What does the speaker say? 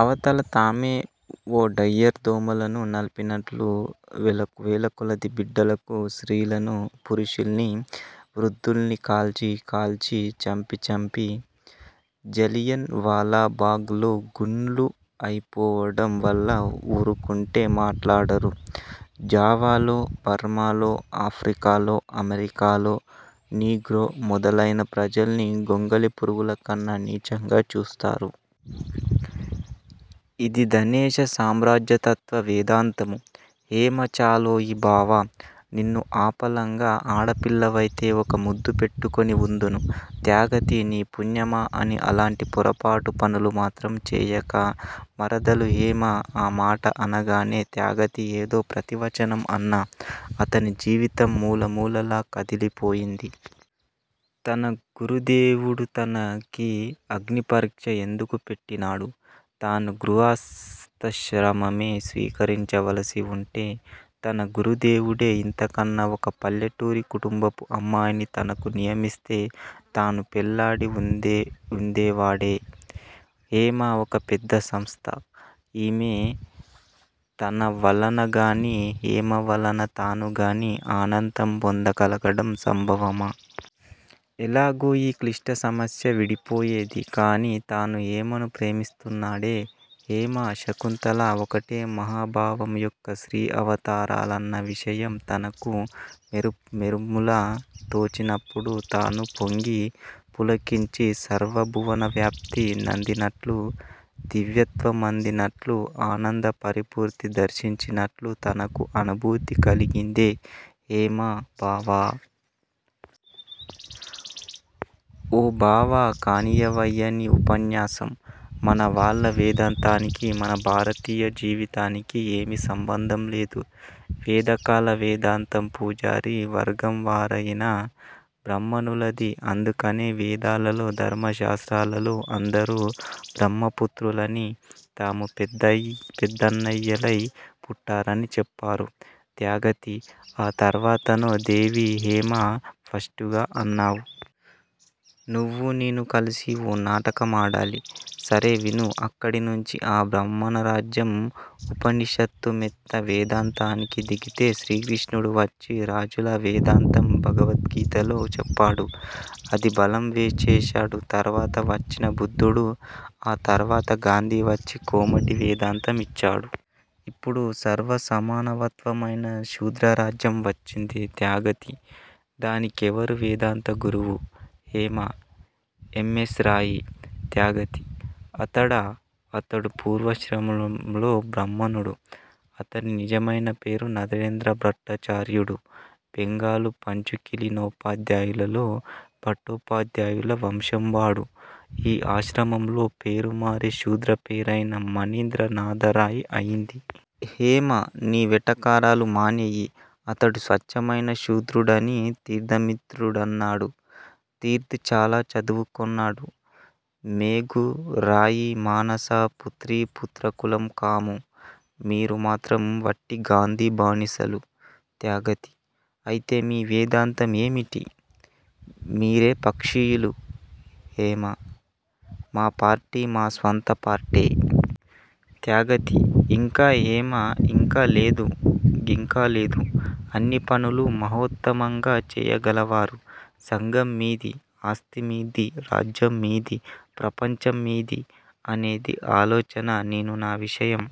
అవతల తామే ఓ డయ్యర్ దోమలను నలిపినట్లు వేల వేలకొలది బిడ్డలకూ, స్త్రీలనూ, పురుషుల్నీ, వృద్దుల్నీ కాల్చి కాల్చి, చంపి చంపి, జలియన్ వాలాబాగ్ లో గుండ్లు అయిపోవడం వల్ల ఊరుకుంటే మాట్లాడరు. జావాలో, బర్మాలో, ఆఫ్రికాలో, అమెరికాలో నీగ్రో మొదలైన ప్రజల్ని గొంగళి పురుగుల కన్నా నీచంగా చూస్తారు. ఇది ధనేశ సామ్రాజ్యతత్వ వేదాంతము. హేమ చాలోయి బావా! నిన్ను ఆపళంగా ఆడపిల్లవైతే ఒక ముద్దు పెట్టుకొని వుందును. త్యాగతి నీ పుణ్యమా అని అలాంటి పొరపాటు పనులు మాత్రం చేయక. మరదలు హేమ ఆ మాట అనగానే త్యాగతి ఏదో ప్రతివచనం అన్నా, అతని జీవితం మూలమూలలా కదిలిపోయింది. తన గురుదేవుడు తన కీ అగ్నిపరీక్ష యెందుకు పెట్టినాడు? తాను గృహస్తాశ్రమమే స్వీకరించవలసి వుంటే, తన గురుదేవుడే ఇంతకన్న ఒక పల్లెటూరి కుటుంబపు అమ్మాయిని తనకు నియమిస్తే, తాను పెళ్ళాడి ఉందే వుందేవాడే! హేమ ఒక పెద్ద సంస్థ! ఈమె తనవలనగానీ, హేమ వలన తానుగానీ ఆనందం పొందగలగడం సంభవమా? ఎలాగు ఈ క్లిష్ట సమస్య విడిపోయేది? కాని తాను హేమను ప్రేమిస్తున్నాడే. హేమా, శకుంతలా ఒకటే మహాభావం యొక్క స్త్రీ అవతారాలన్న విషయం తనకు మెరుం మెరుములా తోచినప్పుడు తాను పొంగి, పులకించి, సర్వభువనవ్యాప్తి నందినట్లు, దివ్యత్వమందినట్లు అనంద పరిపూర్తి దర్శించినట్లు తనకు అనుభూతి కలిగిందే! హేమ: బావా! ఓ బావా! కానియ్యవయ్యా నీ ఉపన్యాసం! మనవాళ్ళ వేదాంతానికి, మన భారతీయ జీవితానికీ ఏమీ సంబంధంలేదు వేదకాల వేదాంతం పూజారి వర్గంవారయిన బ్రాహ్మణులది. అందుకనే వేదాలలో, ధర్మశాస్త్రాలలో అందరూ బ్రహ్మపుత్రులనీ, తాము పెద్ద అయి పెద్దన్నయ్యలై పుట్టారనీ చెప్పారు. త్యాగతి: ఆ తర్వాతనో దేవీ! హేమ ఫస్టుగా అన్నావు! నువ్వూ నేనూ కలసి ఓ నాటకం ఆడాలి. సరే విను. అక్కడినుంచి ఆ బ్రాహ్మణరాజ్యం ఉపనిషత్తు మెత్త వేదాంతానికి దిగితే. శ్రీకృష్ణుడు వచ్చి రాజుల వేదాంతం భగవద్గీతలో చెప్పాడు. అది బలం చేశాడు తర్వాత వచ్చిన బుద్ధుడు. ఆ తర్వాత గాంధీ వచ్చి కోమటి వేదాంతం ఇచ్చాడు. ఇప్పుడు సర్వసమానవత్వమైన శూద్రరాజ్యం వచ్చింది. త్యాగతి: దాని కెవరు వేదాంత గురువు? హేమ: ఎం. ఎన్. రాయి! త్యాగతి: అతడా! అతడు పూర్వాశ్రమంలో బ్రాహ్మణుడు! అతని నిజమైన పేరు నరేంద్రభట్టాచార్యుడు. బెంగాలు పంచుకులీనోపాద్యాయులలో భట్టోపాధ్యాయుల వంశంవాడు. ఈ ఆశ్రమంలో పేరు మారి శూద్ర పేరైన మణీంద్రనాధరాయి అయింది. హేమ: నీ వెటకారాలు మానెయ్యి. అతడు స్వచ్చమైన శూద్రుడని తీర్థమిత్రుడన్నాడు. తీర్థ్ చాలా చదువుకొన్నాడు. మేఘు రాయి మానస పుత్రీపుత్రకులం కాము. మీరు మాత్రం వట్టి గాంధీ బానిసలు. త్యాగతి: అయితే మీ వేదాంతం ఏమిటి? మీరే పక్షీయులు? హేమ: మా పార్టీ మా స్వంత పార్టే! త్యాగతి: ఇంకా! హేమ: ఇంకా లేదు గింకాలేదు! అన్ని పనులు మహోత్తమంగా చేయగలవారు సంఘం మీది, ఆస్తిమీది, రాజ్యం మీది, ప్రపంచం మీది, అనేగా ఆలోచన! నేను నా విషయం